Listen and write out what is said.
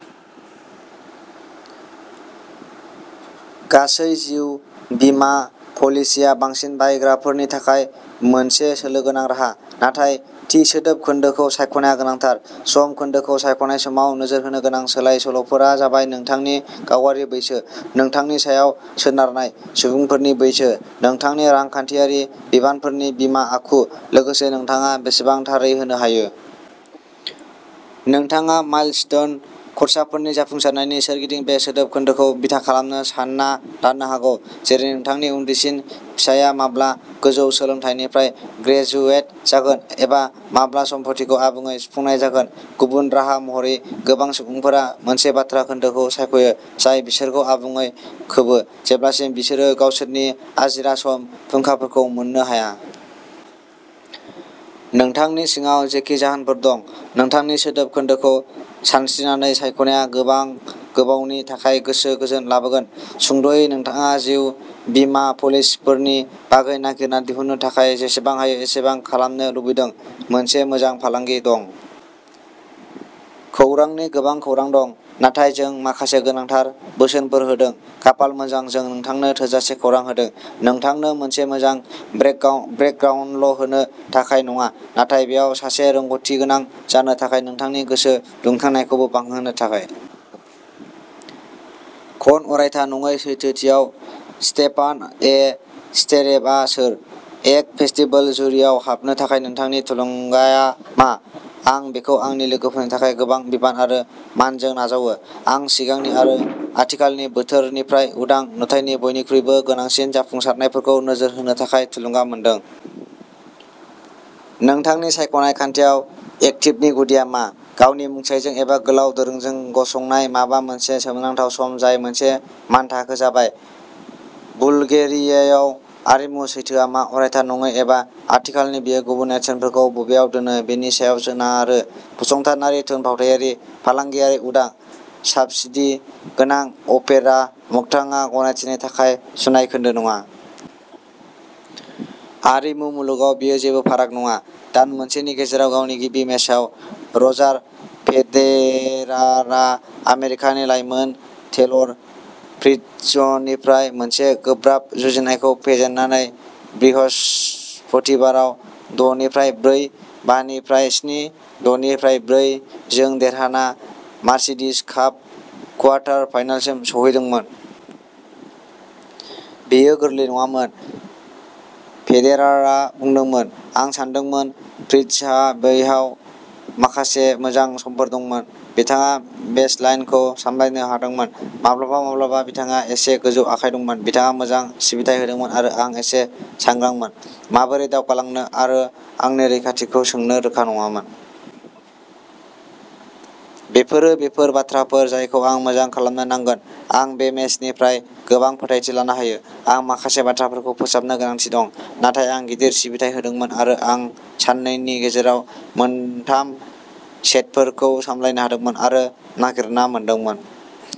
गासै जिउ बीमा पलिसिया बांसिन बायग्राफोरनि थाखाय मोनसे सोलो गोनां राहा, नाथाय थि सोदोब खोन्दोखौ सायख'नाया गोनांथार। सम खोन्दोखौ सायख'नाय समाव नोजोर होनो गोनां सोलाय-सोल'फोरा जाबाय नोंथांनि गावारि बैसो, नोंथांनि सायाव सोनारनाय सुबुंफोरनि बैसो, नोंथांनि रांखान्थियारि बिबानफोरनि बिमा आखु, लोगोसे नोंथाङा बेसेबां थारै होनो हायो। नोंथाङा माइलस्टोन खर्साफोरनि जाफुंसारनायनि सोरगिदिं बे सोदोब खोन्दोखौ बिथा खालामनो सानना लानो हागौ, जेरै नोंथांनि उन्दैसिन फिसाया माब्ला गोजौ सोलोंथायनिफ्राय ग्रेजुवेट जागोन एबा माब्ला सम्फथिखौ आबुङै सुफुंनाय जागोन। गुबुन राहा महरै, गोबां सुबुंफोरा मोनसे बाथ्रा खोन्दोखौ सायख'यो जाय बिसोरखौ आबुङै खोबो जेब्लासिम बिसोरो गावसोरनि आजिरा सम फुंखाफोरखौ मोननो हाया। नोंथांनि सिङाव जेखि जाहोनफोर दं, नोंथांनि सोदोब खोन्दोखौ सानस्रिनानै सायख'नाया गोबां गोबावनि थाखाय गोसो गोजोन लाबोगोन। सुंद'यै, नोंथाङा जिउ बीमा पलिसफोरनि बागै नागिरना दिहुननो थाखाय जेसेबां हायो एसेबां खालामनो लुबैदों। मोनसे मोजां फालांगि दं। खौरांनि गोबां खौरां दं, नाथाय जों माखासे गोनांथार बोसोनफोर होदों। खाफाल मोजां, जों नोंथांनो थोजासे खौरां होदों, नोंथांनो मोनसे मोजां ब्रेक ब्रेकग्राउन्डल' होनो थाखाय नङा, नाथाय बेयाव सासे रोंग'थिगोनां जानो थाखाय नोंथांनि गोसो दुंखांनायखौबो बांहोनो थाखाय। कन अरायथा नङै सैथोथियाव स्टेफान ए स्टेरेभआ सोर? एक्ट फेस्टिभेल जुरिआव हाबनो थाखाय नोंथांनि थुलुंगाआ मा? आं बेखौ आंनि लोगोफोरनि थाखाय गोबां बिबान आरो मानजों नाजावो। आं सिगांनि आरो आथिखालनि बोथोरनिफ्राय उदां नुथायनि बयनिख्रुइबो गोनांसिन जाफुंसारनायफोरखौ नोजोर होनो थाखाय थुलुंगा मोनदों। नोंथांनि सायख'नाय खान्थियाव एक्टिवनि गुदिआ मा? गावनि मुंसाइजों एबा गोलाव दोरोंजों गसंनाय माबा मोनसे सोमोनांथाव सम जाय मोनसे मानथाखो जाबाय। बुलगेरियायाव आरिमु सैथोआ मा अरायथा नङै एबा आथिखालनि बेयो गुबुन नेरसोनफोरखौ बबेयाव दोनो बेनि सायाव सोनारो फसंथानारि थुनफावथायारि फालांगियारि उदां साब्सिडी गोनां अपेरा मोगथाङा गनायथिनि थाखाय सुनाय खोन्दो नङा। आरिमु मुलुगाव बेयो जेबो फाराग नङा। दान मोनसेनि गेजेराव गावनि गिबि मेचआव, रजार फेदेरारआ आमेरिकानि लाइमोन टेलर फ्रिट्जनिफ्राय मोनसे गोब्राब जुजिनायखौ फेजेननानै बृहस्पतिबाराव दनिफ्राय ब्रै बानिफ्राइ स्नि दनिफ्राइ ब्रै जों देरहाना मार्सिडिज काप कुवार्टर फाइनालसिम सौहैदोंमोन। बेयो गोरलै नङामोन, फेदेरारआ बुंदोंमोन। आं सानदोंमोन फ्रिट्जहा बैयाव माखासे मोजां समफोर दंमोन। बिथाङा बेसलाइनखौ सामलायनो हादोंमोन, माब्लाबा माब्लाबा बिथाङा एसे गोजौ आखाइ दंमोन। बिथाङा मोजां सिबिथाय होदोंमोन आरो आं एसे सांग्रांमोन, माबोरै दावगालांनो आरो आंनि रैखाथिखौ सोंनो रोखा नङामोन। बेफोरो बेफोर बाथ्राफोर जायखौ आं मोजां खालामनो नांगोन। आं बे मेचनिफ्राय गोबां फोथायथि लानो हायो। आं माखासे बाथ्राफोरखौ फोसाबनो गोनांथि दं, नाथाय आं गिदिर सिबिथाय होदोंमोन आरो आं साननैनि गेजेराव मोनथाम सेटफोरखौ सामलायनो हादोंमोन, आरो नागिरना मोनदोंमोन।